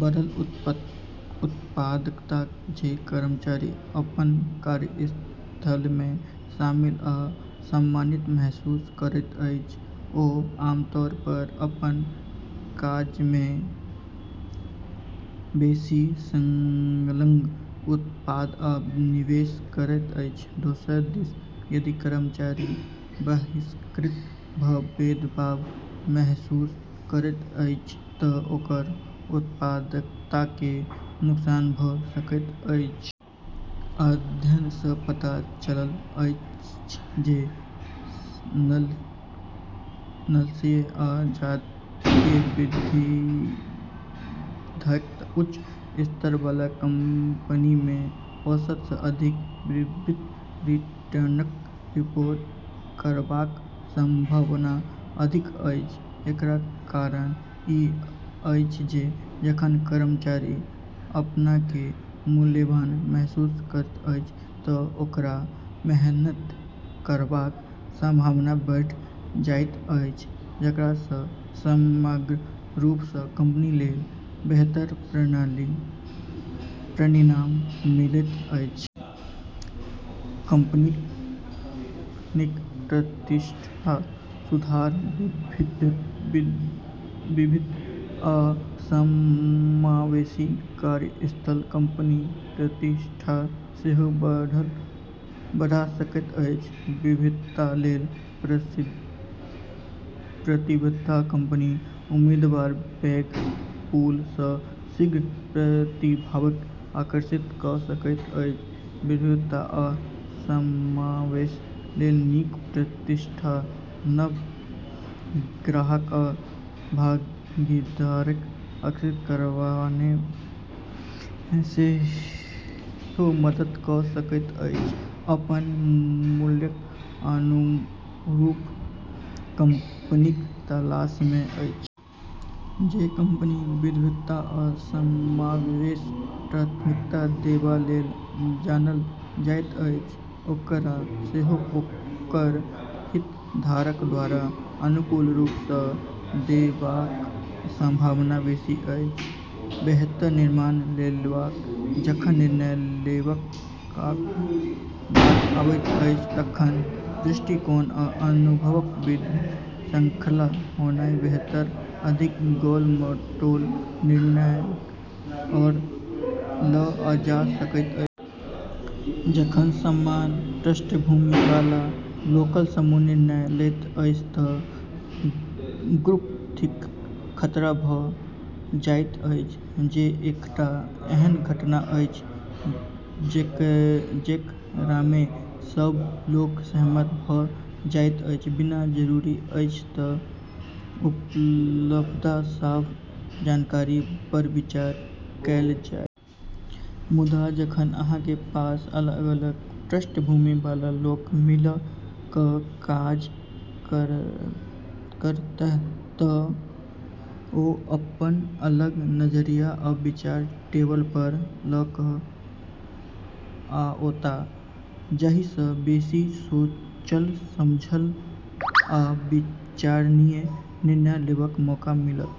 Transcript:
बढ़ल उत्पादकता जे कर्मचारी अपन कार्यस्थलमे शामिल आ सम्मानित महसूस करैत अछि, ओ आमतौर पर अपन काजमे बेसि संलग्न, उत्पादक आ निवेश करैत अछि। दोसर दिस यदि कर्मचारी बहिष्कृत वा भेदभाव महसूस करैत अछि तँ ओकर उत्पादकताकेँ नुकसान भ’ सकैत अछि। अध्ययन सँ पता चलल अछि जे नस्लीय आ जातीय विविधताक उच्च स्तर बला कंपनीमे औसत सँ अधिक वित्तीय रिटर्नक रिपोर्ट करबाक संभावना अधिक अछि। एकर कारण ई अछि जे जखन कर्मचारी अपनाकेँ मूल्यवान महसूस करैत अछि तँ ओकरा मेहनत करबाक संभावना बढ़ि जाइत अछि, जेकरा सँ समग्र रूप सँ कंपनी लेल बेहतर परिणाम मिलैत अछि। कंपनीक प्रतिष्ठामे सुधार विविध आ समावेशी कार्यस्थल कंपनीक प्रतिष्ठाकेँ सेहो बढ़ा सकैत अछि। विविधता लेल प्रतिबद्ध कंपनी उम्मीदवारक पैघ पूल सँ शीर्ष प्रतिभाकेँ आकर्षित क’ सकैत अछि। विविधता आ समावेश लेल नीक प्रतिष्ठा नव ग्राहक आ भागीदारकेँ आकर्षित करबामे सेहो मदद क’ सकैत अछि जे अपन मूल्यक अनुरूप कंपनीक तलाशमे अछि। जे कंपनी विविधता आ समावेशकेँ प्राथमिकता देबा लेल जानल जाइत अछि, ओकरा सेहो ओकर हितधारक द्वारा अनुकूल रूप सँ देखबाक संभावना बेसि अछि। बेहतर निर्णय लेबब जखन निर्णय लेबाक बात आवैत अछि तखन दृष्टिकोण आ अनुभवक विविध श्रृंखलाक होनाइ बेहतर, अधिक गोल-मटोल निर्णयक ओर ल’ जा सकैत अछि। जखन समान पृष्ठभूमि बला लोकक समूह निर्णय लैत अछि तँ ग्रुपथिंकक खतरा भ’ जाइत अछि, जे एकटा एहन घटना अछि, जेकरामे सभ लोक सहमत भ’ जाइत अछि, बिना जरूरी अछि जे उपलब्ध सभ जानकारी पर विचार कएल जाय। मुदा जखन अहाँक पास अलग-अलग पृष्ठभूमि बला लोक मिलि क’ काज करताह तँ ओ अपन अलग नजरिया आ विचार टेबल पर ल’ क’ आओताह, जाहि सँ बेसि सोचल-समझल आ विचारणीय निर्णय लेबाक मौका मिलत।